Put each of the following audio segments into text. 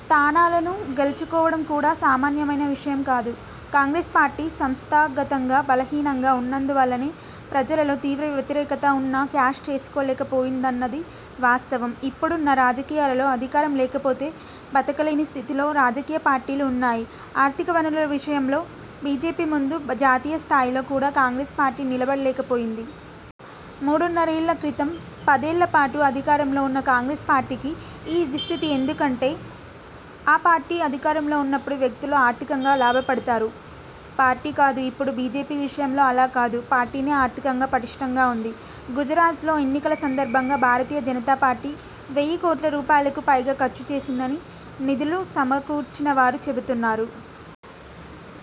స్థానాలను గెల్చుకోవడం కూడా సామాన్యమైన విషయం కాదు. కాంగ్రెస్ పార్టీ సంస్థాగతంగా బలహీనంగా ఉన్నందు వల్లనే ప్రజలలో తీవ్ర వ్యతిరేకత ఉన్నా క్యాష్ చేసుకోలేక పోయిందన్నది వాస్తవం. ఇప్పుడున్న రాజకీయాలలో అధికారం లేకపోతే బతకలేని స్థితిలో రాజకీయ పార్టీలు ఉన్నాయి. ఆర్థిక వనరుల విషయంలో బీజేపీ ముందు జాతీయ స్థాయిలో కూడా కాంగ్రెస్ పార్టీ నిలబడలేక పోయింది. మూడున్నరేళ్ల క్రితం పదేళ్లపాటు అధికారంలో ఉన్న కాంగ్రెస్ పార్టీకి ఈ దుస్థితి ఎందుకంటే, ఆ పార్టీ అధికారంలో ఉన్నప్పుడు వ్యక్తులు ఆర్థికంగా లాభపడతారు. పార్టీ కాదు. ఇప్పుడు బీజేపీ విషయంలో అలా కాదు. పార్టీనే ఆర్థికంగా పటిష్ఠంగా ఉంది. గుజరాత్లో ఎన్నికల సందర్భంగా భారతీయ జనతా పార్టీ వెయ్యి కోట్ల రూపాయలకు పైగా ఖర్చు చేసిందని నిధులు సమకూర్చినవారు చెబుతున్నారు.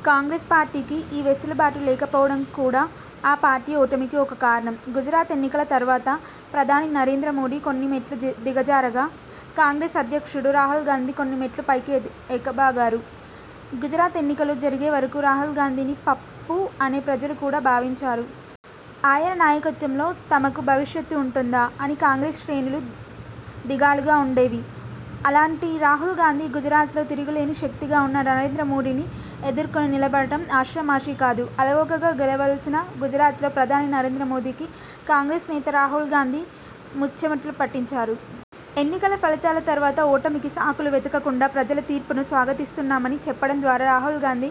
కాంగ్రెస్ పార్టీకి ఈ వెసులుబాటు లేకపోవడం కూడా ఆ పార్టీ ఓటమికి ఒక కారణం. గుజరాత్ ఎన్నికల తర్వాత ప్రధాని నరేంద్ర మోదీ కొన్ని మెట్లు దిగజారగా, కాంగ్రెస్ అధ్యక్షుడు రాహుల్గాంధీ కొన్ని మెట్లు పైకి ఎక ఎగబాకారు. గుజరాత్ ఎన్నికలు జరిగే వరకు రాహుల్గాంధీని పప్పు అనే ప్రజలు కూడా భావించారు. ఆయన నాయకత్వంలో తమకు భవిష్యత్తు ఉంటుందా? అని కాంగ్రెస్ శ్రేణులు దిగాలుగా ఉండేవి. అలాంటి రాహుల్గాంధీ గుజరాత్లో తిరుగులేని శక్తిగా ఉన్న నరేంద్ర మోదీని ఎదుర్కొని నిలబడటం ఆషామాషీ కాదు. అలవోకగా గెలవవలసిన గుజరాత్లో ప్రధాని నరేంద్ర మోదీకి కాంగ్రెస్ నేత రాహుల్గాంధీ ముచ్చెమటలు పట్టించారు. ఎన్నికల ఫలితాల తర్వాత ఓటమికి సాకులు వెతకకుండా ప్రజల తీర్పును స్వాగతిస్తున్నామని చెప్పడం ద్వారా రాహుల్గాంధీ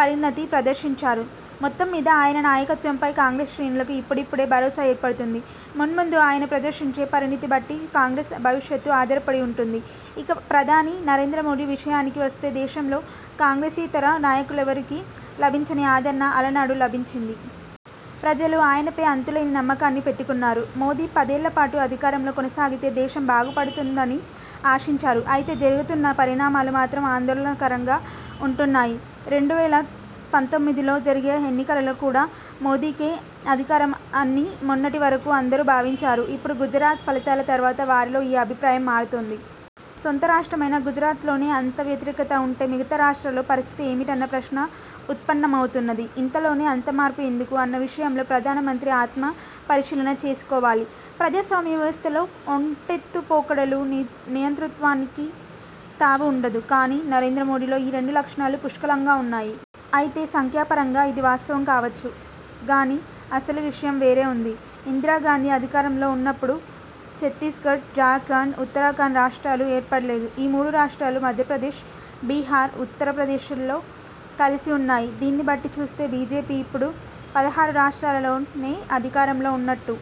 పరిణతి ప్రదర్శించారు. మొత్తం మీద ఆయన నాయకత్వంపై కాంగ్రెస్ శ్రేణులకు ఇప్పుడిప్పుడే భరోసా ఏర్పడుతోంది. మున్ముందు ఆయన ప్రదర్శించే పరిణతిని బట్టి కాంగ్రెస్ భవిష్యత్తు ఆధారపడి ఉంటుంది. ఇక ప్రధాని నరేంద్ర మోదీ విషయానికి వస్తే దేశంలో కాంగ్రెసేతర నాయకులెవరికీ లభించని ఆదరణ అలనాడు లభించింది. ప్రజలు ఆయనపై అంతులేని నమ్మకాన్ని పెట్టుకున్నారు. మోదీ పదేళ్లపాటు అధికారంలో కొనసాగితే దేశం బాగుపడుతుందని ఆశించారు. అయితే జరుగుతున్న పరిణామాలు మాత్రం ఆందోళనకరంగా ఉంటున్నాయి. రెండు వేల పంతొమ్మిదిలో జరిగే ఎన్నికలలో కూడా మోదీకే అధికారం అని మొన్నటి వరకు అందరూ భావించారు. ఇప్పుడు గుజరాత్ ఫలితాల తర్వాత వారిలో ఈ అభిప్రాయం మారుతోంది. సొంత రాష్ట్రమైన గుజరాత్లోనే అంత వ్యతిరేకత ఉంటే మిగతా రాష్ర్టాలలో పరిస్థితి ఏమిటన్న ప్రశ్న ఉత్పన్నమవుతోంది. ఇంతలోనే అంత మార్పు ఎందుకు? అన్న విషయంలో ప్రధానమంత్రి ఆత్మ పరిశీలన చేసుకోవాలి. ప్రజాస్వామ్య వ్యవస్థలో ఒంటెత్తు పోకడలు, నియ నియంతృత్వానికి తావు ఉండదు. కానీ నరేంద్ర మోదీలో ఈ రెండు లక్షణాలూ పుష్కలంగా ఉన్నాయి. అయితే సంఖ్యాపరంగా ఇది వాస్తవం కావచ్చు గానీ అసలు విషయం వేరే ఉంది. ఇందిరాగాంధీ అధికారంలో ఉన్నప్పుడు ఛత్తీస్గఢ్, జార్ఖండ్, ఉత్తరాఖండ్ రాష్ర్టాలు ఏర్పడలేదు. ఈ మూడు రాష్ర్టాలు మధ్యప్రదేశ్, బిహార్, ఉత్తరప్రదేశ్లో కలిసి ఉన్నాయి. దీన్నిబట్టి చూస్తే బీజేపీ ఇప్పుడు పదహారు రాష్ర్టాలలోనే అధికారంలో ఉన్నట్టు!